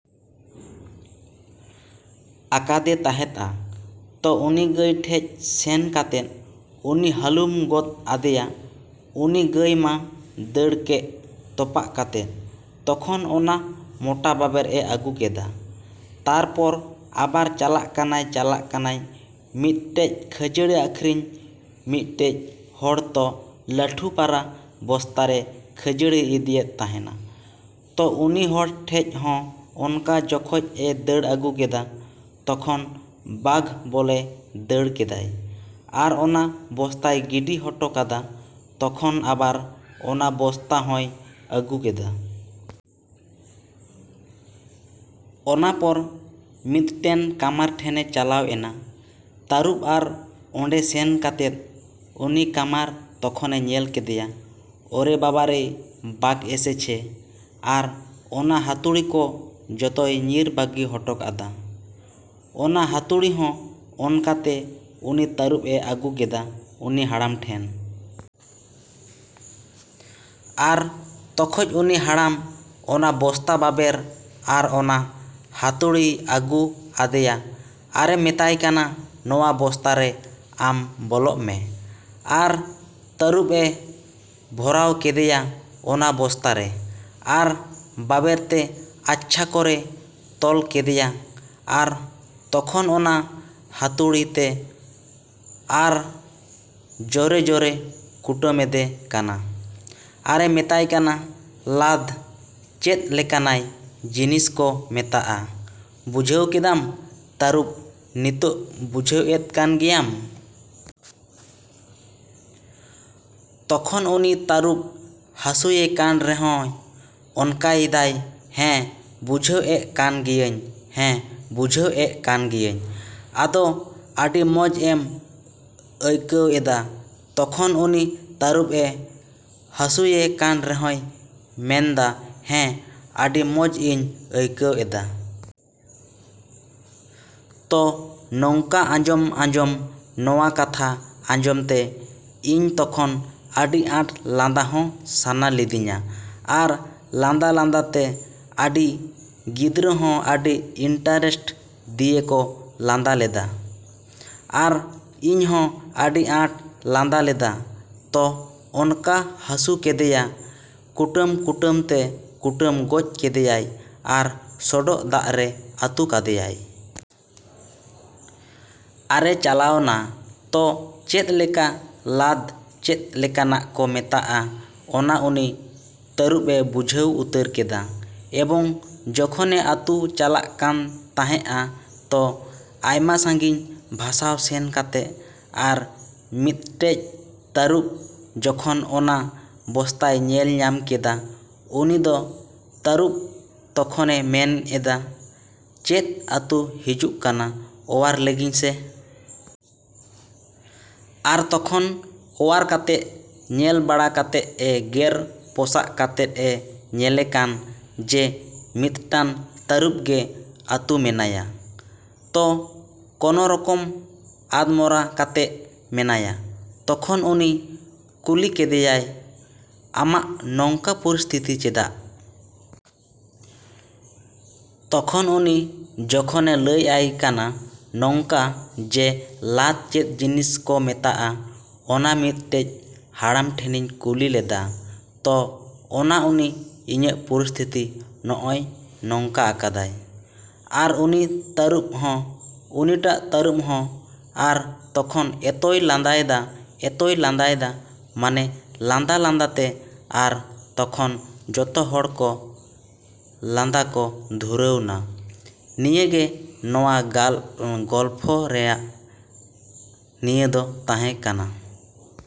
ᱟᱠᱟᱫᱮ ᱛᱟᱸᱦᱮᱫᱼᱟ᱾ ᱛᱚ ᱩᱱᱤ ᱜᱟᱹᱭ ᱴᱷᱮᱡ ᱥᱮᱱ ᱠᱟᱛᱮᱜ ᱩᱱᱤ ᱦᱟᱹᱞᱩᱢ ᱜᱚᱫ ᱟᱫᱮᱭᱟ ᱩᱱᱤ ᱜᱟᱹᱭ ᱢᱟ ᱫᱟᱹᱲ ᱠᱮᱜ ᱛᱚᱯᱟᱜ ᱠᱟᱛᱮᱜ ᱛᱚᱠᱷᱚᱱ ᱚᱱᱟ ᱢᱚᱴᱟ ᱵᱟᱵᱮᱨ ᱮ ᱟᱹᱜᱩ ᱠᱮᱫᱟ᱾ ᱛᱟᱨᱯᱚᱨ ᱟᱵᱟᱨ ᱪᱟᱞᱟᱜ ᱠᱟᱱᱟᱭ ᱪᱟᱞᱟᱜ ᱠᱟᱱᱟᱭ ᱢᱤᱫᱴᱮᱡ ᱠᱷᱟᱹᱡᱟᱹᱲᱤ ᱟᱠᱷᱨᱤᱧ ᱢᱤᱫᱴᱮᱡ ᱦᱚᱲ ᱛᱚ ᱞᱟᱹᱴᱷᱩ ᱯᱟᱨᱟ ᱵᱚᱥᱛᱟᱨᱮ ᱠᱷᱟᱹᱡᱟᱲᱤ ᱤᱫᱤᱭᱮᱫ ᱛᱟᱸᱦᱮᱱᱟ ᱛᱚ ᱩᱱᱤ ᱦᱚᱲ ᱴᱷᱮᱡ ᱦᱚᱸ ᱚᱱᱠᱟ ᱡᱚᱠᱷᱚᱡ ᱮ ᱫᱟᱹᱲ ᱟᱹᱜᱩ ᱠᱮᱫᱟ ᱛᱚᱠᱷᱚᱱ ᱵᱟᱜᱷ ᱵᱚᱞᱮ ᱫᱟᱹᱲ ᱠᱮᱫᱟᱭ ᱟᱨ ᱚᱱᱟ ᱵᱚᱥᱛᱟᱭ ᱜᱤᱰᱤ ᱦᱚᱴᱚ ᱠᱟᱫᱟ ᱛᱚᱠᱷᱚᱱ ᱟᱵᱟᱨ ᱚᱱᱟ ᱵᱚᱥᱛᱟ ᱦᱚᱸᱭ ᱟᱹᱜᱩ ᱠᱮᱫᱟ᱾ ᱚᱱᱟᱯᱚᱨ ᱢᱤᱫᱴᱮᱱ ᱠᱟᱢᱟᱨ ᱴᱷᱮᱱᱮ ᱪᱟᱞᱟᱣ ᱮᱱᱟ ᱛᱟᱹᱨᱩᱵᱽ ᱟᱨ ᱚᱸᱰᱮ ᱥᱮᱱ ᱠᱟᱛᱮᱫ ᱩᱱᱤ ᱠᱟᱢᱟᱨ ᱛᱚᱠᱷᱚᱱᱮ ᱧᱮᱞ ᱠᱮᱫᱮᱭᱟ ᱚᱨᱮ ᱵᱟᱵᱟᱨᱮ ᱵᱟᱜᱷ ᱮᱥᱮᱪᱷᱮ ᱟᱨ ᱚᱱᱟ ᱦᱟᱹᱛᱩᱲᱤ ᱠᱚ ᱡᱚᱛᱚᱭ ᱧᱤᱨ ᱵᱟᱹᱜᱤ ᱦᱚᱴᱚ ᱟᱫᱟ᱾ ᱚᱱᱟ ᱦᱟᱹᱛᱩᱲᱤ ᱦᱚᱸ ᱚᱱᱠᱟᱛᱮ ᱩᱱᱤ ᱛᱟᱹᱨᱩᱵᱽ ᱮ ᱟᱜᱩ ᱠᱮᱫᱟ ᱩᱱᱤ ᱦᱟᱲᱟᱢ ᱴᱷᱮᱱ᱾ ᱟᱨ ᱛᱚᱠᱷᱚᱡ ᱩᱱᱤ ᱦᱟᱲᱟᱢ ᱚᱱᱟ ᱵᱚᱥᱛᱟ, ᱵᱟᱵᱮᱨ, ᱟᱨ ᱚᱱᱟ ᱦᱟᱹᱛᱩᱲᱤᱭ ᱟᱹᱜᱩ ᱟᱫᱮᱭᱟ ᱟᱨᱮ ᱢᱮᱛᱟᱭ ᱠᱟᱱᱟ ᱱᱚᱣᱟ ᱵᱚᱥᱛᱟ ᱨᱮ ᱟᱢ ᱵᱚᱞᱚᱜ ᱢᱮ᱾ ᱟᱨ ᱛᱟᱹᱨᱩᱵᱽ ᱮ ᱵᱷᱚᱨᱟᱣ ᱠᱮᱫᱮᱭᱟ ᱚᱱᱟ ᱵᱚᱥᱛᱟᱨᱮ ᱟᱨ ᱵᱟᱵᱮᱨᱛᱮ ᱟᱪᱪᱷᱟ ᱠᱚᱨᱮ ᱛᱚᱞ ᱠᱮᱫᱮᱭᱟ ᱟᱨ ᱛᱚᱠᱷᱚᱱ ᱚᱱᱟ ᱦᱟᱹᱛᱩᱲᱤ ᱛᱮ ᱟᱨ ᱡᱚᱨᱮ ᱡᱚᱨᱮ ᱠᱩᱴᱟᱹᱢᱮᱫᱮ ᱠᱟᱱᱟ ᱟᱨᱮ ᱢᱮᱛᱟᱭ ᱠᱟᱱᱟ ᱞᱟᱫᱽ ᱪᱮᱫ ᱞᱮᱠᱟᱱᱟᱜ ᱡᱤᱱᱤᱥ ᱠᱚ ᱢᱮᱛᱟᱜᱼᱟ ᱵᱩᱡᱷᱟᱹᱣ ᱠᱮᱫᱟᱢ ᱛᱟᱹᱨᱩᱵᱽ ᱱᱤᱛᱚᱜ ᱵᱩᱡᱷᱟᱹᱣ ᱮᱫ ᱠᱟᱱ ᱜᱮᱭᱟᱢ᱾ ᱛᱚᱠᱷᱚᱱ ᱩᱱᱤ ᱛᱟᱹᱨᱩᱵᱽ ᱦᱟᱹᱥᱩᱭᱮ ᱠᱟᱱ ᱨᱮᱦᱚᱸ ᱚᱱᱠᱟᱭ ᱫᱟᱭ ᱦᱮᱸ ᱵᱩᱡᱷᱟᱹᱣ ᱮᱜ ᱠᱟᱱ ᱜᱮᱭᱟᱹᱧ ᱦᱮᱸ ᱵᱩᱡᱷᱟᱹᱣ ᱮᱜ ᱠᱟᱱ ᱜᱮᱭᱟᱹᱧ ᱟᱫᱚ ᱟᱹᱰᱤ ᱢᱚᱸᱡ ᱮᱢ ᱟᱹᱭᱠᱟᱹᱣ ᱮᱫᱟ ᱛᱚᱠᱷᱚᱱ ᱩᱱᱤ ᱛᱟᱹᱨᱩᱵᱽ ᱮ ᱦᱟᱹᱥᱩᱭᱮ ᱠᱟᱱ ᱨᱮᱦᱚᱭ ᱢᱮᱱᱫᱟ ᱦᱮᱸ ᱟᱹᱰᱤ ᱢᱚᱸᱡ ᱤᱧ ᱟᱹᱭᱠᱟᱹᱣ ᱮᱫᱟ᱾ ᱛᱚ ᱱᱚᱝᱠᱟ ᱟᱸᱡᱚᱢ ᱟᱸᱡᱚᱢ ᱱᱚᱣᱟ ᱠᱟᱛᱷᱟ ᱟᱸᱡᱚᱢ ᱛᱮ ᱤᱧ ᱛᱚᱠᱷᱚᱱ ᱟᱹᱰᱤ ᱟᱸᱴ ᱞᱟᱸᱫᱟ ᱦᱚᱸ ᱥᱟᱱᱟ ᱞᱤᱫᱤᱧᱟ ᱟᱨ ᱞᱟᱸᱫᱟ ᱞᱟᱸᱫᱟ ᱛᱮ ᱟᱹᱰᱤ ᱜᱤᱫᱽᱨᱟᱹ ᱦᱚᱸ ᱟᱹᱰᱤ ᱤᱱᱴᱟᱨᱮᱥᱴ ᱫᱤᱭᱮ ᱠᱚ ᱞᱟᱸᱫᱟ ᱞᱮᱫᱟ᱾ ᱟᱨ ᱤᱧᱦᱚᱸ ᱟᱹᱰᱤ ᱟᱸᱴ ᱞᱟᱸᱫᱟ ᱞᱮᱫᱟ ᱛᱚ ᱚᱱᱠᱟ ᱦᱟᱹᱥᱩ ᱠᱮᱫᱮᱭᱟ ᱠᱩᱴᱟᱹᱢ ᱠᱩᱴᱟᱹᱢ ᱛᱮ ᱠᱩᱴᱟᱹᱢ ᱜᱚᱡ ᱠᱮᱫᱮᱭᱟᱭ ᱟᱨ ᱥᱚᱰᱚᱜ ᱫᱟᱜ ᱨᱮ ᱟᱹᱛᱩ ᱠᱟᱫᱮᱭᱟᱭ᱾ ᱟᱨᱮ ᱪᱟᱞᱟᱣᱱᱟ ᱛᱚ ᱪᱮᱫ ᱞᱮᱠᱟ ᱞᱟᱫᱽ ᱪᱮᱫ ᱞᱮᱠᱟᱱᱟᱜ ᱠᱚ ᱢᱮᱛᱟᱜᱼᱟ ᱚᱱᱟ ᱩᱱᱤ ᱛᱟᱹᱨᱩᱵᱽ ᱮ ᱵᱩᱡᱷᱟᱹᱣ ᱩᱛᱟᱹᱨ ᱠᱮᱫᱟ ᱮᱵᱚᱝ ᱡᱚᱠᱷᱚᱱᱮ ᱟᱹᱛᱩ ᱪᱟᱞᱟᱜ ᱠᱟᱱ ᱛᱟᱸᱦᱮᱜᱼᱟ ᱛᱚ ᱟᱭᱢᱟ ᱥᱟᱹᱜᱤᱧ ᱵᱷᱟᱥᱟᱣ ᱥᱮᱱ ᱠᱟᱛᱮᱜ ᱟᱨ ᱢᱤᱫᱴᱮᱡ ᱛᱟᱹᱨᱩᱵᱽ ᱡᱚᱠᱷᱚᱱ ᱚᱱᱟ ᱵᱚᱥᱛᱟᱭ ᱧᱮᱞ ᱧᱟᱢ ᱠᱮᱫᱟ ᱩᱱᱤ ᱫᱚ ᱛᱟᱹᱨᱩᱵᱽ ᱛᱚᱠᱷᱚᱱᱮ ᱢᱮᱱ ᱮᱫᱟ ᱪᱮᱫ ᱟᱹᱛᱩ ᱦᱤᱡᱩᱜ ᱠᱟᱱᱟ ᱚᱣᱟᱨ ᱞᱤᱜᱤᱧ ᱥᱮ᱾ ᱟᱨ ᱛᱚᱠᱷᱚᱱ ᱚᱣᱟᱨ ᱠᱟᱛᱮᱜ ᱧᱮᱞ ᱵᱟᱲᱟ ᱠᱟᱛᱮᱫ ᱮ ᱜᱮᱨ ᱯᱚᱥᱟᱜ ᱠᱟᱛᱮᱫ ᱮ ᱧᱮᱞᱮ ᱠᱟᱱ ᱡᱮ ᱢᱤᱫᱴᱟᱱ ᱛᱟᱹᱨᱩᱵᱽ ᱜᱮ ᱟᱹᱛᱩ ᱢᱮᱱᱟᱭᱟ᱾ ᱛᱚ ᱠᱚᱱᱚ ᱨᱚᱠᱚᱢ ᱟᱫᱽᱢᱚᱨᱟ ᱠᱟᱛᱮᱜ ᱢᱮᱱᱟᱭᱟ ᱛᱚᱠᱷᱚᱱ ᱩᱱᱤ ᱠᱩᱞᱤ ᱠᱮᱫᱮᱭᱟ ᱟᱢᱟᱜ ᱱᱚᱝᱠᱟ ᱯᱚᱨᱤᱥᱛᱷᱤᱛᱤ ᱪᱮᱫᱟᱜ? ᱛᱚᱠᱷᱚᱱ ᱩᱱᱤ ᱡᱚᱠᱷᱚᱱᱮ ᱞᱟᱹᱭ ᱟᱭ ᱠᱟᱱᱟ ᱱᱚᱝᱠᱟ ᱡᱮ ᱞᱟᱫᱽ ᱪᱮᱫ ᱡᱤᱱᱤᱥ ᱠᱚ ᱢᱮᱛᱟᱜᱼᱟ ᱚᱱᱟ ᱢᱤᱫᱴᱮᱡ ᱦᱟᱲᱟᱢ ᱴᱷᱮᱱᱤᱧ ᱠᱩᱞᱤ ᱞᱮᱫᱟ ᱛᱚ ᱚᱱᱟ ᱩᱱᱤ ᱤᱧᱟᱹᱜ ᱯᱚᱨᱤᱥᱛᱷᱤᱛᱤ ᱱᱚᱜᱼᱚᱭ ᱱᱚᱝᱠᱟ ᱟᱠᱟᱫᱟᱭ᱾ ᱟᱨ ᱩᱱᱤ ᱛᱟᱹᱨᱩᱵᱽ ᱦᱚᱸ ᱩᱱᱤᱴᱟᱜ ᱛᱟᱹᱨᱩᱵᱽ ᱦᱚᱸ ᱟᱨ ᱛᱚᱠᱷᱚᱱ ᱮᱛᱚᱭ ᱞᱟᱸᱫᱟᱭ ᱫᱟ, ᱮᱛᱚᱭ ᱞᱟᱸᱫᱟᱭ ᱫᱟ ᱢᱟᱱᱮ ᱞᱟᱸᱫᱟ ᱞᱟᱸᱫᱟᱛᱮ ᱟᱨ ᱛᱚᱠᱷᱚᱱ ᱡᱚᱛᱚ ᱦᱚᱲ ᱞᱟᱸᱫᱟ ᱠᱚ ᱫᱷᱩᱨᱟᱹᱣᱱᱟ᱾ ᱱᱤᱭᱟᱹᱜᱮ ᱱᱚᱣᱟ ᱜᱚᱞᱯᱷᱚ ᱨᱮᱭᱟᱜ ᱱᱤᱭᱟᱹ ᱫᱚ ᱛᱟᱸᱦᱮ ᱠᱟᱱᱟ।